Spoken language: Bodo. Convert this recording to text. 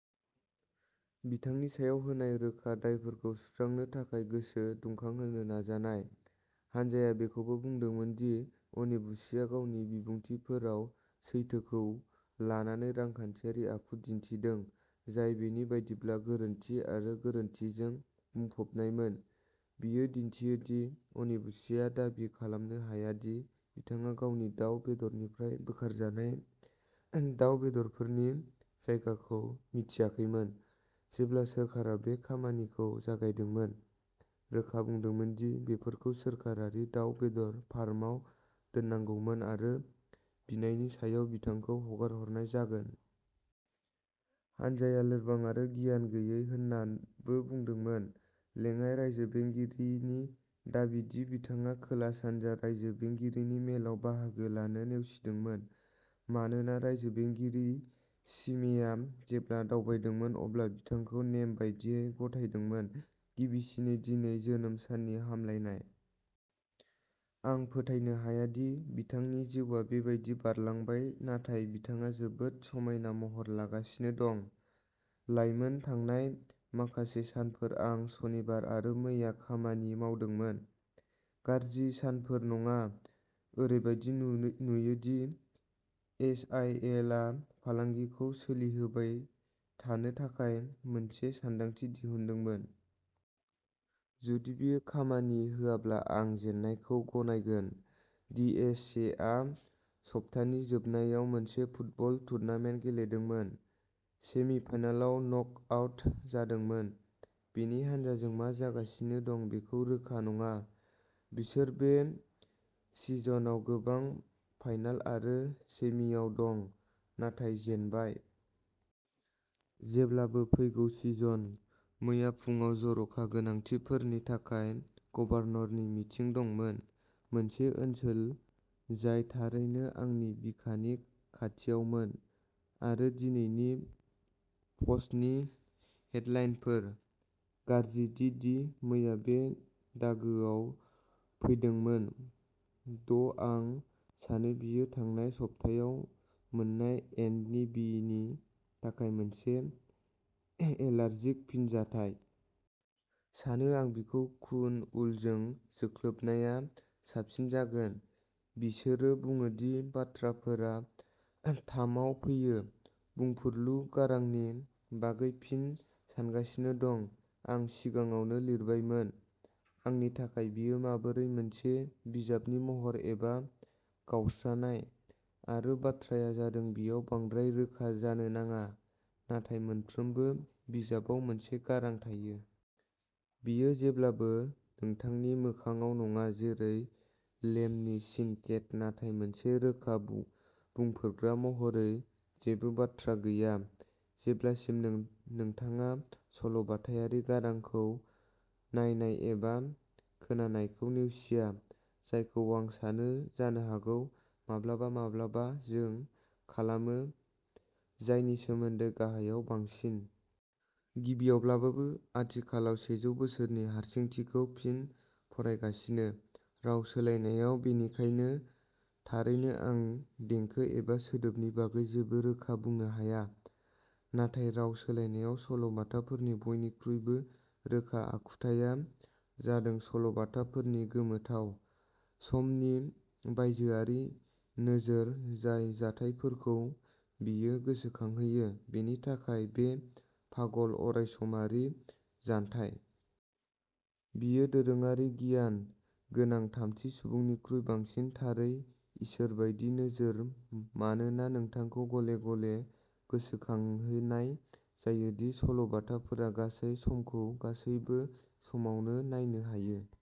बिथांनि सायाव होनाय रोखा दायफोरखौ सुस्रांनो थाखाय गोसो दुंखांहोनो नाजानाय। हानजाया बेखौबो बुंदोंमोन दि अन्येबुचिआ गावनि बिबुंथिफोराव सैथोखौ लानानै रांखान्थियारि आखु दिन्थिदों जाय बेनि बायदिब्ला गोरोन्थि आरो गोरोन्थिजों बुंफबनायमोन। बेयो दिन्थियो दि अन्येबुचिआ दाबि खालामनो हाया दि बिथाङा गावनि दाव बेदरनिफ्राय बोखारजानाय दाव बेदरफोरनि जायगाखौ मिथियाखैमोन जेब्ला सोरखारा बे खामानिखौ जागायदोंमोन रोखा बुंदोंमोन दि बेफोरखौ सोरखारि दाव बेदर फार्माव दोननांगौमोन आरो बिनायनि सायाव बिथांखौ हगारनाय जागोन। हानजाया "लोरबां आरो गियान गैयै" होन्नाबो बुंदोंमोन। लेङाइ रायजो बेंगिरिनि दाबि दि बिथाङा खोला-सानजा रायजो बेंगिरिनि मेलाव बाहागो लानो नेवसिदोंमोन मानोना रायजो बेंगिरि चिमेआ जेब्ला दावबायदोंमोन अब्ला बिथांखौ नेम बायदियै गथायाखैमोन। गिबिसिनै दिनै जोनोम साननि हामलायनाय। आं फोथायनो हाया दि बिथांनि जिउआ बेबादि बारलांबाय नाथाय बिथाङा जोबोद समायना महर लागासिनो दं। लाइमोन थांनाय माखासे सानफोर आं सनिबार आरो मैया खामानि मावदोंमोन। गाज्रि सानफोर नङा। ओरैबादि नुयो दि एस आइ एल आ फालांगिखौ सोलिहोबाय थानो थाखाय मोनसे सानदांथि दिहुनदोंमोन। जुदि बेयो खामानि होआब्ला आं जेननायखौ गनायगोन। डि. एस. से आ सप्तानि जोबनायाव मोनसे फुटबल टुर्नामेन्ट गेलेदोंमोन। सेमि-फाइनालाव नकआउट जादोंमोन। बिनि हानजाजों मा जागासिनो दं बेखौ रोखा नङा। बिसोर बे सिजनआव गोबां फाइनाल आरो सेमिआव दं नाथाय जेनबाय। जेब्लाबो फैगौ सिजन। मैया फुंआव जर'खा गोनांथिफोरनि थाखाय गभर्नरनि मिटिं दंमोन। मोनसे ओनसोल जाय थारैनो आंनि बिखानि खाथियावमोन। आरो दिनैनि पस्टनि हेडलाइनफोर। गाज्रि डि डि मैया बे दागोआव फैदोंमोन ड. आ सानो बेयो थांनाय सप्तायाव मोननाय एन्टी बि नि थाखाय मोनसे एलार्जिक फिनजाथाय। सानो आं बिखौ खुन उलजों जोख्लोबनाया साबसिन जागोन बिसोरो बुङो दि बाथ्राफोरा थामआव फैयो। बुंफुरलु गारांनि बागै फिन सानगासिनो दं। आं सिगाङावनो लिरबायमोन। आंनि थाखाय बेयो माबोरै मोनसे बिजाबनि महर एबा गावस्रानाय। आरो बाथ्राया जादों बेयाव बांद्राय रोखा जानो नाङा नाथाय मोनफ्रोमबो बिजाबाव मोनसे गारां थायो। बेयो जेब्लाबो नोंथांनि मोखांआव नङा जेरै लेमनि स्निकेट नाथाय मोनसे रोखा बुंफोरग्रा महरै जेबो बाथ्रा गैया जेब्लासिम नोंथाङा सल'बाथायारि गारांखौ नायनाय एबा खोनानायखौ नेवसिया जायखौ आं सानो जानो हागौ माब्लाबा माब्लाबा जों खालामो जायनि सोमोन्दै गाहायाव बांसिन। गिबियावब्लाबो आथिखालाव सेजौ बोसोरनि हारसिंथिखौ फिन फरायगासिनो राव सोलायनायाव बेनिखायनो थारैनो आं देंखो एबा सोदोबनि बागै जेबो रोखा बुंनो हाया। नाथाय राव सोलायनायाव सल'बाथाफोरनि बयनिख्रुइबो रोखा आखुथाया जादों सल'बाथाफोरनि गोमोथाव, समनि बायजोआरि नोजोर जाय जाथायफोरखौ बेयो गोसोखांहोयो बेनि थाखाय बेनि पागल अरायसमारि जानथाय। बेयो दोरोङारि गियान गोनां थामथि सुबुंनिख्रुइ बांसिन थारै इसोर बायदि नोजोर मानोना नोंथांखौ गले गले गोसोखांहोनाय जायो दि सल'बाथाफोरा गासै समखौ गासैबो समावनो नायनो हायो।